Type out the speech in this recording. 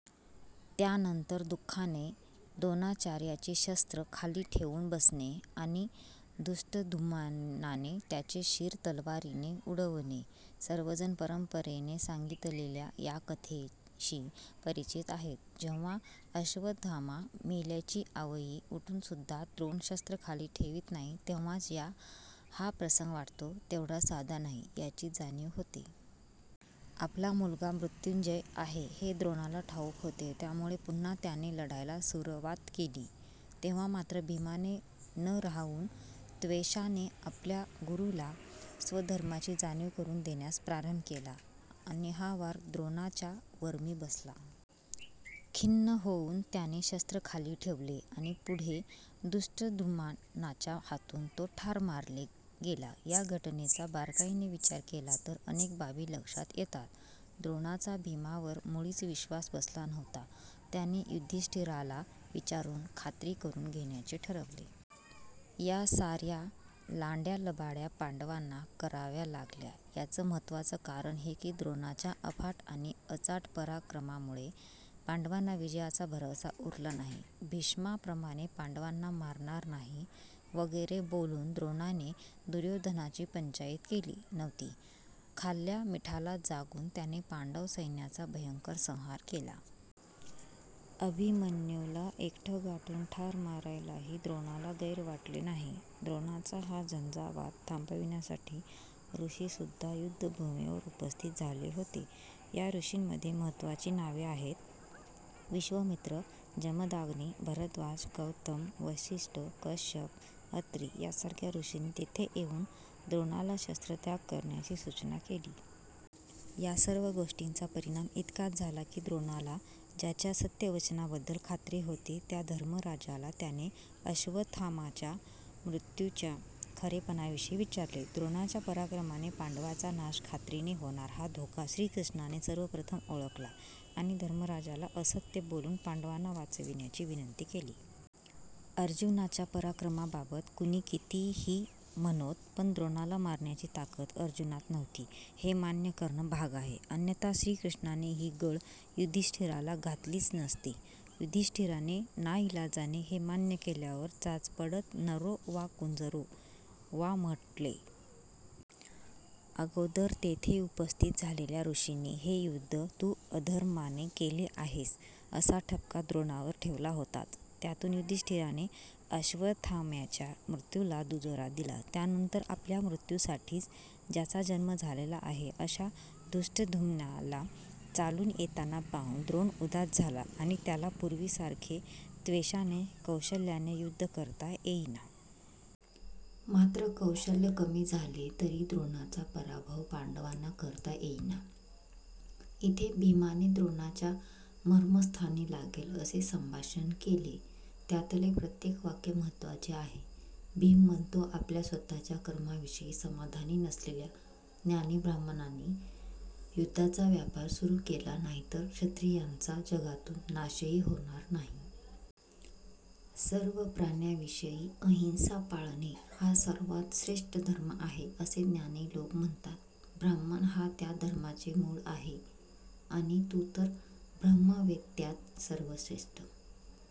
त्यानंतर दुःखाने दोणाचार्यांचे शस्त्र खाली ठेऊन बसणे. आणि धृष्ट्द्युम्नाने त्याचे शीर तलवारीने उडवणे. सर्वजण परंपरेने सांगितलेल्या या कथेशी परिचित आहेत. जेव्हा अश्वत्थामा मेल्याची आवई उठुनसुद्धा द्रोण शस्त्र खाली ठेवित नाही तेव्हाच या हा प्रसंग वाटतो तेवढा साधा नाही याची जाणीव होते. आपला मुलगा मृत्युंजय आहे हे द्रोणाला ठावुक होते. त्यामुळे पुन्हा त्याने लढायला सुरवात केली. तेव्हा मात्र भीमाने न राहवुन त्वेषाने आपल्या गुरुला स्वधर्माची जाणीव करुन देण्यास प्रारंभ केला आणि हा वार द्रोणाच्या वर्मी बसला. खिन्न होऊन त्याने शस्त्र खाली ठेवले. आणि पुढे धृष्ट्द्युम्नाच्या हातुन तो ठार मारले गेला. या घटनेचा बारकाईने विचार केला तर अनेक बाबी लक्षात येतात. द्रोणाचा भीमावर मुळीच विश्वास बसला नव्हता. त्याने युधिष्ठीराला विचारुन खात्री करुन घेण्याचे ठरवले. या सार्या लांड्यालबाड्या पांडवांना कराव्या लागल्या याचं महत्वाचं कारण हे की द्रोणाच्या अफाट आणि अचाट पराक्रमामुळे पांडवांना विजयाचा भरवसा उरला नाही. भीष्माप्रमाणे पांडवांना मारणार नाही वगैरे बोलुन द्रोणाने दुर्योधनाची पंचाईत केली नव्हती. खाल्ल्या मीठाला जागुन त्याने पांडव सैन्याचा भयंकर संहार केला. अभिमन्युला एकटं गाठुन ठार मारायलाही द्रोणाला गैर वाटले नाही. द्रोणाचा हा झंझावात थांबविण्यासाठी ऋषीसुद्धा युद्धभुमीवर उपस्थित झाले होते. या ऋषींमध्ये महत्त्वाची नावे आहेत. विश्वामित्र, जमदाग्नी, भरद्वाज, गौतम, वसिष्ठ, कश्यप, अत्री यासारख्या ऋषींनी तेथे येऊन द्रोणाला शस्त्रत्याग करण्याची सुचना केली. यासर्व गोष्टींचा परिणाम इतकाच झाला की द्रोणाला ज्याच्या सत्यवचनाबद्दल खात्री होती त्या धर्मराजाला त्याने अश्वत्थाम्याच्या मृत्युच्या खरेपणाविषयी विचारले. द्रोणाच्या पराक्रमाने पांडवांचा नाश खात्रीने होणार हा धोका श्रीकृष्णाने सर्वप्रथम ओळखला आणि धर्मराजाला असत्य बोलुन पांडवांना वाचविण्याची विनंती केली. अर्जुनाच्या पराक्रमाबाबत कुणी कितीही म्हणोत पण द्रोणाला मारण्याची ताकद अर्जुनात नव्हती हे मान्य करणं भाग आहे अन्यथा श्रीकृष्णाने ही गळ युधिष्ठीराला घातलीच नसती. युधिष्ठीराने नाईलाजाने हे मान्य केल्यावर चाचपडत नरो वा कुंजरो वा म्हटले. अगोदर तेथे उपस्थित झालेल्या ऋषींनी हे युद्द तु अधर्माने केले आहेस असा ठपका द्रोणावर ठेवला होताच. त्यातुन युधिष्ठीराने अश्वत्थाम्याच्या मृत्युला दुजोरा दिला. त्यानंतर आपल्या मृत्युसाठीच ज्याचा जन्म झालेला आहे अशा धृष्टद्युम्नाला चालुन येताना पाहुन द्रोण उदास झाला आणि त्याला पुर्वीसारखे त्वेषाने, कौशल्याने युद्ध करता येईना. मात्र कौशल्य कमी झाले तरी द्रोणाचा पराभव पांडवांना करता येईना. इथे भीमाने द्रोणाच्या मर्मस्थानी लागेल असे संभाषण केले. त्यातले प्रत्येक वाक्य महत्त्वाचे आहे. भीम म्हणतो आपल्या स्वतःच्या कर्माविषयी समाधानी नसलेल्या ज्ञानी ब्राह्मणांनी युद्धाचा व्यापार सुरु केला नाही तर क्षत्रियांचा जगातुन नाशही होणार नाही. सर्व प्राण्याविषयी अहिंसा पाळणे हा सर्वात श्रेष्ठ धर्म आहे असे ज्ञानी लोक म्हणतात. ब्राह्मण हा त्या धर्माचे मूळ आहे. आणि तु तर ब्रह्मवेत्त्यात सर्वश्रेष्ठ